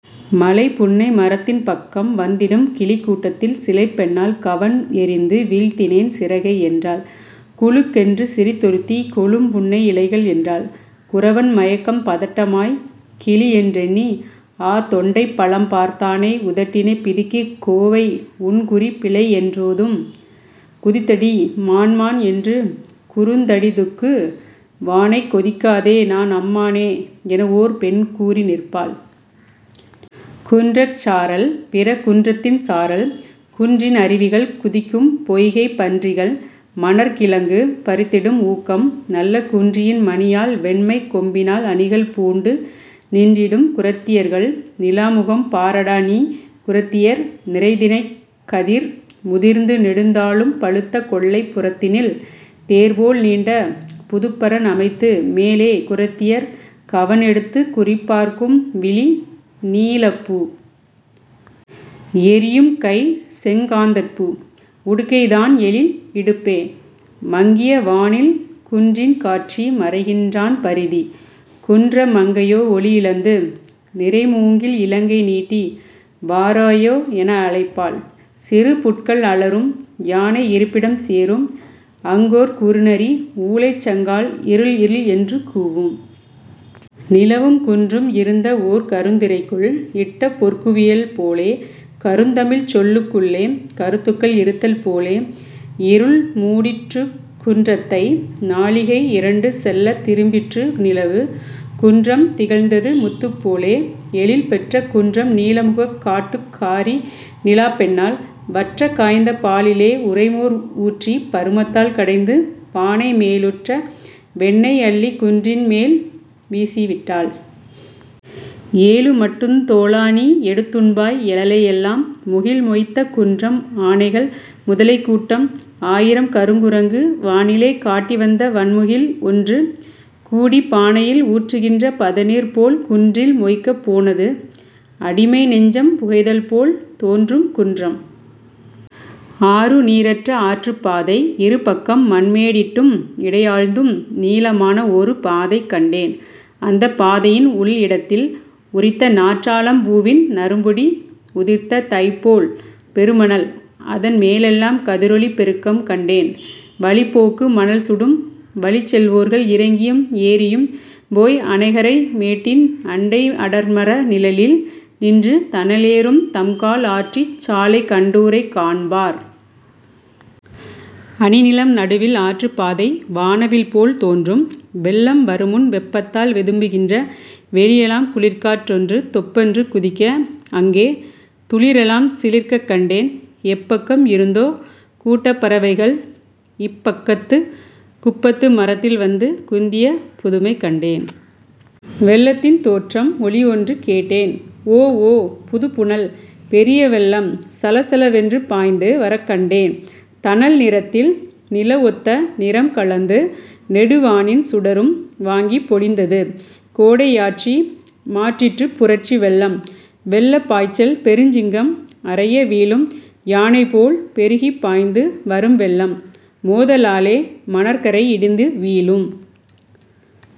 மலைப்புன்னை மரத்தின் பக்கம் வந்திடும் கிளிக்கூட் டத்தில், சிலைப்பெண்ணாள் கவண் எறிந்து, வீழ்த்தினேன் சிறகை என்றாள். குலுக்கென்று சிரித்தொ ருத்தி "கொழும்புன்னை இலைகள்" என்றாள்! குறவன் மயக்கம் பதட்டமாய்க் கிளிஎன் றெண்ணி ஆதொண்டைப் பழம்பார்த் தானை உதட்டினைப் பிதுக்கிக் "கோவை" உன்குறி பிழைஎன் றோதும்! குதித்தடி மான்மான் என்று குறுந்தடி துக்கு வானைக் கொதிக்காதே நான் அம்மானே எனஓர் பெண் கூறி நிற்பாள்! குன்றச் சாரல், பிற குன்றத்தின் "சாரல்", குன்றின் அருவிகள் குதிக்கும் "பொய்கை" பன்றிகள் மணற்கி ழங்கு பறித்திடும் "ஊக்கம்" நல்ல குன்றியின் மணியால், வெண்மைக் கொம்பினால் அணிகள் பூண்டு நின்றிடும் குறத்தி யர்கள் "நிலாமுகம்" பாரடா நீ! குறத்தியர் "நிறைதினைக் கதிர்" முதிர்ந்து நெடுந்தாளும் பழுத்த கொல்லைப் புறத்தினில் தேர் போல் நீண்ட புதுப்பரண் அமைத்து, மேலே குறத்தியர் கவண் எடுத்துக் குறிப்பார்க்கும் விழி, நீ லப்பூ! எறியும்கை, செங்காந் தட்பூ! உடுக்கைதான் எழில்இ டுப்பே! மங்கிய வானில் குன்றின் காட்சி மறைகின்றான் பரிதி; குன்ற மங்கையோ ஒளியிழந்து, நிறைமூங்கில் இளங்கை நீட்டி வாராயோ எனஅ ழைப்பாள்! சிறுபுட்கள் அலறும்! யானை இருப்பிடம் சேரும்! அங்கோர் குறுநரி ஊளைச் சங்கால் இருள் இருள் என்று கூவும்! நிலவும் குன்றும் இருந்தஓர் கருந்தி ரைக்குள் இட்டபொற் குவியல் போலே, கருந்தமிழ்ச் சொல்லுக் குள்ளே கருத்துக்கள் இருத்தல் போலே இருள்மூடிற் றுக்குன் றத்தை! நாழிகை இரண்டு செல்லத் திரும்பிற்று நிலவு; குன்றம் திகழ்ந்தது முத்துப் போலே! எழில் பெற்ற குன்றம் நீலமுக் காட்டுக் காரி நிலாப்பெண்ணாள், வற்றக் காய்ந்த பாலிலே உறைமோர் ஊற்றிப் பருமத்தால் கடைந்து, பானை மேலுற்ற வெண்ணெய் அள்ளிக் குன்றின்மேல் வீசி விட்டாள்! ஏலுமட் டுந்தோ ழாநீ எடுத்துண்பாய் எழலை எல்லாம்! முகில் மொய்த்த குன்றம் ஆனைகள், முதலைக் கூட்டம், ஆயிரம் கருங்கு ரங்கு, வானிலே காட்டி வந்த வண்முகில் ஒன்று கூடிப் பானயில் ஊற்று கின்ற பதநீர்போல் குன்றில் மொய்க்கப் போனது. அடிமை நெஞ்சம் புகைதல்போல் தோன்றும் குன்றம்!. ஆறு நீரற்ற ஆற்றுப்பாதை இருபக்கம் மண்மே டிட்டும், இடைஆழ்ந்தும், நீள மான ஒருபாதை கண்டேன், அந்தப் பாதையின் உள்இ டத்தில் உரித்தநற் றாழம் பூவின் நறும்பொடி உதிர்த்த தைப்போல் பெருமணல், அதன்மே லெல்லாம் கதிரொளிப் பெருக்கம், கண்டேன்! வழிப் போக்கு மணல்சுடும்; வழிச்செல் வோர்கள், இறங்கியும் ஏறியும் போய் அணகரை மேட்டின் அண்டை அடர்மர நிழலில் நின்று தணலேறும் தம்கால் ஆற்றிச் சாலைகண் டூரைக் காண்பார். அணிநிலம் நடுவில் ஆற்றுப் பாதை "வான்வில்" போல் தோன்றும். வெள்ளம் வருமுன் வெப்பத்தால் வெதும்பு கின்ற வெளியெலாம் குளிர்காற் றொன்று தொப்பென்று குதிக்க, அங்கே துளிரெலாம் சிலிர்க்கக் கண்டேன். எப்பக்கம் இருந்தோ கூட்டப் பறவைகள் இப்பக் கத்துக் குப்பத்து மரத்தில் வந்து குந்திய புதுமை கண்டேன். வெள்ளத்தின் தோற்றம் ஒலிஒன்று கேட்டேன். ஓஓ புதுப்புனல்! பெரிய வெள்ளம், சலசல என்று பாய்ந்து வரக்கண்டேன் தணல் நிறத்தில் நிலவொத்த நிறம்க லந்து நெடுவானின் சுடரும் வாங்கிப் பொலிந்தது! கோடை யாட்சி மாற்றிற்றுப் புரட்சி வெள்ளம். வெள்ளப் பாய்ச்சல் பெருஞ்சிங்கம் அரைய வீழும் யானைபோல் பெருகிப் பாய்ந்து வரும்வெள்ளம், மோத லாலே மணற்கரை இடிந்து வீழும்!